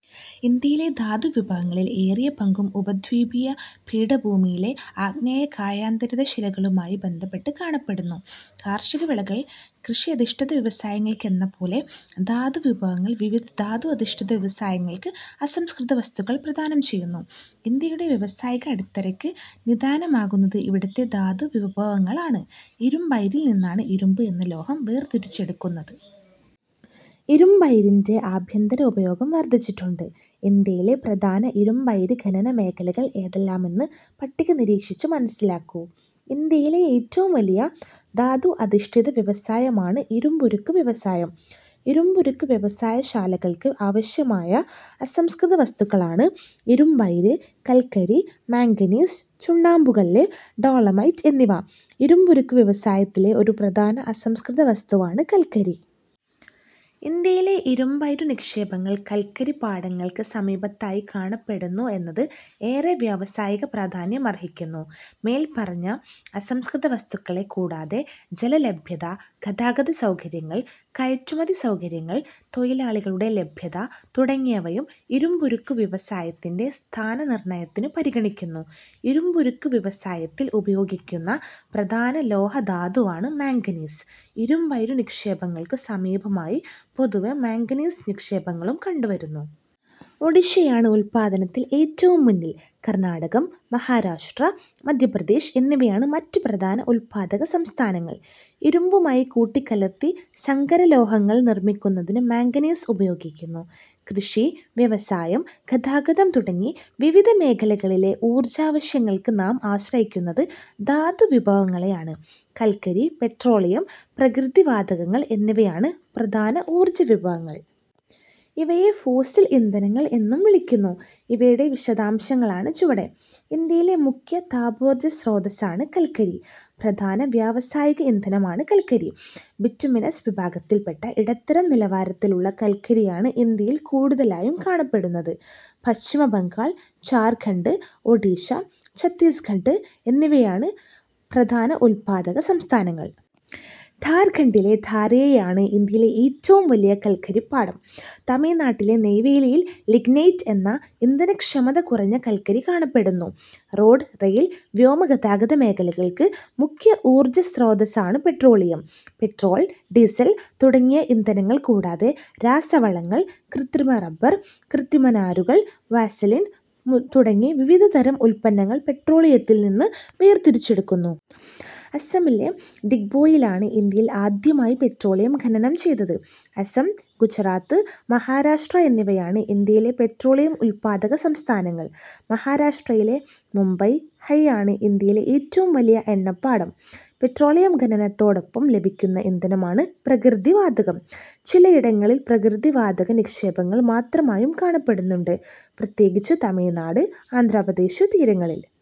ഇന്ത്യയിലെ ധാതുവിഭവങ്ങളിൽ ഏറിയ പങ്കും ഉപദ്വീപീയ പീഠഭൂമിയിലെ ആഗ്നേയ-കായാന്തരിത ശിലകളുമായി ബന്ധപ്പെട്ട് കാണപ്പെടുന്നു. കാർഷികവിളകൾ കൃഷിയധിഷ്ഠിത വ്യവസായങ്ങൾക്കെന്നപോലെ ധാതുവിഭവങ്ങൾ വിവിധ ധാതു അധിഷ്ഠിത വ്യവസായങ്ങൾക്ക് അസംസ്കൃത വസ്തുക്കൾ പ്രദാനം ചെയ്യുന്നു. ഇന്ത്യയുടെ വ്യാവസായിക അടിത്തറയ്ക്ക് നിദാനമാകുന്നത് ഇവിടത്തെ ധാതുവിഭവങ്ങളാണ്. ഇരുമ്പയിരിൽ നിന്നാണ് ഇരുമ്പ് എന്ന ലോഹം വേർതിരിച്ചെടുക്കുന്നത്. ഇരുമ്പയിരിന്റെ ആഭ്യന്തര ഉപയോഗം വർധിച്ചിട്ടുണ്ട്. ഇന്ത്യയിലെ പ്രധാന ഇരുമ്പയിര് ഖനനമേഖലകൾ ഏതെല്ലാമെന്ന് പട്ടിക നിരീക്ഷിച്ച് മനസ്സിലാക്കൂ. ഇന്ത്യയിലെ ഏറ്റവും വലിയ ധാതു അധിഷ്ഠിത വ്യവസായമാണ് ഇരുമ്പുരുക്ക് വ്യവസായം. ഇരുമ്പുരുക്ക് വ്യവസായശാലകൾക്ക് ആവശ്യമായ അസംസ്കൃത വസ്തുക്കളാണ് ഇരുമ്പയിര്, കൽക്കരി, മാംഗനീസ്, ചുണ്ണാമ്പുകല്ല്, ഡോളമൈറ്റ് എന്നിവ. ഇരുമ്പുരുക്കു വ്യവസായത്തിലെ ഒരു പ്രധാന അസംസ്കൃതവസ്തുവാണ് കൽക്കരി. ഇന്ത്യയിലെ ഇരുമ്പയിരു നിക്ഷേപങ്ങൾ കൽക്കരിപ്പാടങ്ങൾക്ക് സമീപത്തായി കാണപ്പെടുന്നു എന്നത് ഏറെ വ്യാവസായിക പ്രാധാന്യ മർഹിക്കുന്നു. മേൽപ്പറഞ്ഞ അസംസ്കൃതവസ്തുക്കളെ കൂടാതെ ജലലഭ്യത, ഗതാഗത സൗകര്യങ്ങൾ, കയറ്റുമതി സൗകര്യങ്ങൾ, തൊഴിലാളികളുടെ ലഭ്യത തുടങ്ങിയവയും ഇരുമ്പുരുക്കുവ്യവസായത്തിന്റെ സ്ഥാനനിർണയത്തിന് പരിഗണിക്കുന്നു. ഇരുമ്പുരുക്കു വ്യവസായത്തിൽ ഉപയോഗിക്കുന്ന പ്രധാന ലോഹധാതുവാണ് മാംഗനീസ്. ഇരുമ്പയിരു നിക്ഷേപങ്ങൾക്കു സമീപമായി പൊതുവെ മാംഗനീസ് നിക്ഷേപങ്ങളും കണ്ടുവരുന്നു. ഒഡിഷയാണ് ഉൽപ്പാദനത്തിൽ ഏറ്റവും മുന്നിൽ. കർണാടകം, മഹാരാഷ്ട്ര, മധ്യപ്രദേശ് എന്നിവയാണ് മറ്റ് പ്രധാന ഉൽപ്പാദക സംസ്ഥാനങ്ങൾ. ഇരുമ്പുമായി കൂട്ടിക്കലർത്തി സങ്കരലോഹങ്ങൾ നിർമിക്കുന്നതിന് മാംഗനീസ് ഉപയോഗിക്കുന്നു. കൃഷി, വ്യവസായം, ഗതാഗതം തുടങ്ങി വിവിധ മേഖലകളിലെ ഊർജാവശ്യങ്ങൾക്ക് നാം ആശ്രയിക്കുന്നത് ധാതുവിഭവങ്ങളെയാണ്. കൽക്കരി, പെട്രോളിയം, പ്രകൃതിവാതകങ്ങൾ എന്നിവയാണ് പ്രധാന ഊർജ വിഭവങ്ങൾ. ഇവയെ ഫോസിൽ ഇന്ധനങ്ങൾ എന്നും വിളിക്കുന്നു. ഇവയുടെ വിശദാംശങ്ങളാണ് ചുവടെ. ഇന്ത്യയിലെ മുഖ്യ താപോർജസ്രോതസ്സാണ് കൽക്കരി. പ്രധാന വ്യാവസായിക ഇന്ധനമാണ് കൽക്കരി, ബിറ്റുമിനസ് വിഭാഗത്തിൽപ്പെട്ട ഇടത്തരം നിലവാരത്തിലുള്ള കൽക്കരിയാണ് ഇന്ത്യയിൽ കൂടുതലായും കാണപ്പെടുന്നത്. പശ്ചിമ ബംഗാൾ, ഝാർഖണ്ഡ്, ഒഡിഷ, ഛത്തീസ്ഗഡ് എന്നിവയാണ് പ്രധാന ഉൽപ്പാദക സംസ്ഥാനങ്ങൾ. ഝാർഖണ്ഡിലെ ഝാറിയയാണ് ഇന്ത്യയിലെ ഏറ്റവും വലിയ കൽക്കരിപ്പാടം. തമിഴ്നാട്ടിലെ നെയ് വേലിയിൽ ലിഗ്നൈറ്റ് എന്ന ഇന്ധനക്ഷമത കുറഞ്ഞ കൽക്കരി കാണപ്പെടുന്നു. റോഡ്-റെയിൽ വ്യോമ ഗതാഗത മേഖലകൾക്ക് മുഖ്യ ഊർജസ്രോതസ്സാണ് പെട്രോളിയം. പെട്രോൾ, ഡീസൽ തുടങ്ങിയ ഇന്ധനങ്ങൾ കൂടാതെ രാസവളങ്ങൾ, കൃത്രിമ റബർ, കൃത്രിമനാരുകൾ, വാസലിൻ തുടങ്ങി വിവിധ തരം ഉപ ഉൽപ്പന്നങ്ങൾ പെട്രോളിയത്തിൽനിന്നു വേർതിരിച്ചെടുക്കുന്നു. അസമിലെ ഡിഗ്ബോയിലാണ് ഇന്ത്യയിൽ ആദ്യമായി പെട്രോളിയം ഖനനം ചെയ്തത്. അസം, ഗുജറാത്ത്, മഹാരാഷ്ട്ര എന്നിവയാണ്. ഇന്ത്യയിലെ പെട്രോളിയം ഉൽപാദക സംസ്ഥാനങ്ങൾ. മഹാരാഷ്ട്രയിലെ മുംബൈ-ഹൈയാണ് ഇന്ത്യയിലെ ഏറ്റവും വലിയ എണ്ണപ്പാടം. പെട്രോളിയം ഖനനത്തോടൊപ്പം ലഭിക്കുന്ന ഇന്ധനമാണ് പ്രകൃതിവാതകം. ചിലയിടങ്ങങ്ങളിൽ പ്രകൃതിവാതക നിക്ഷേപങ്ങൾ മാത്രമായും കാണപ്പെടുന്നുണ്ട്, പ്രത്യേകിച്ച് തമിഴ്നാട്, ആന്ധ്രാപ്രദേശ് തീരങ്ങളിൽ.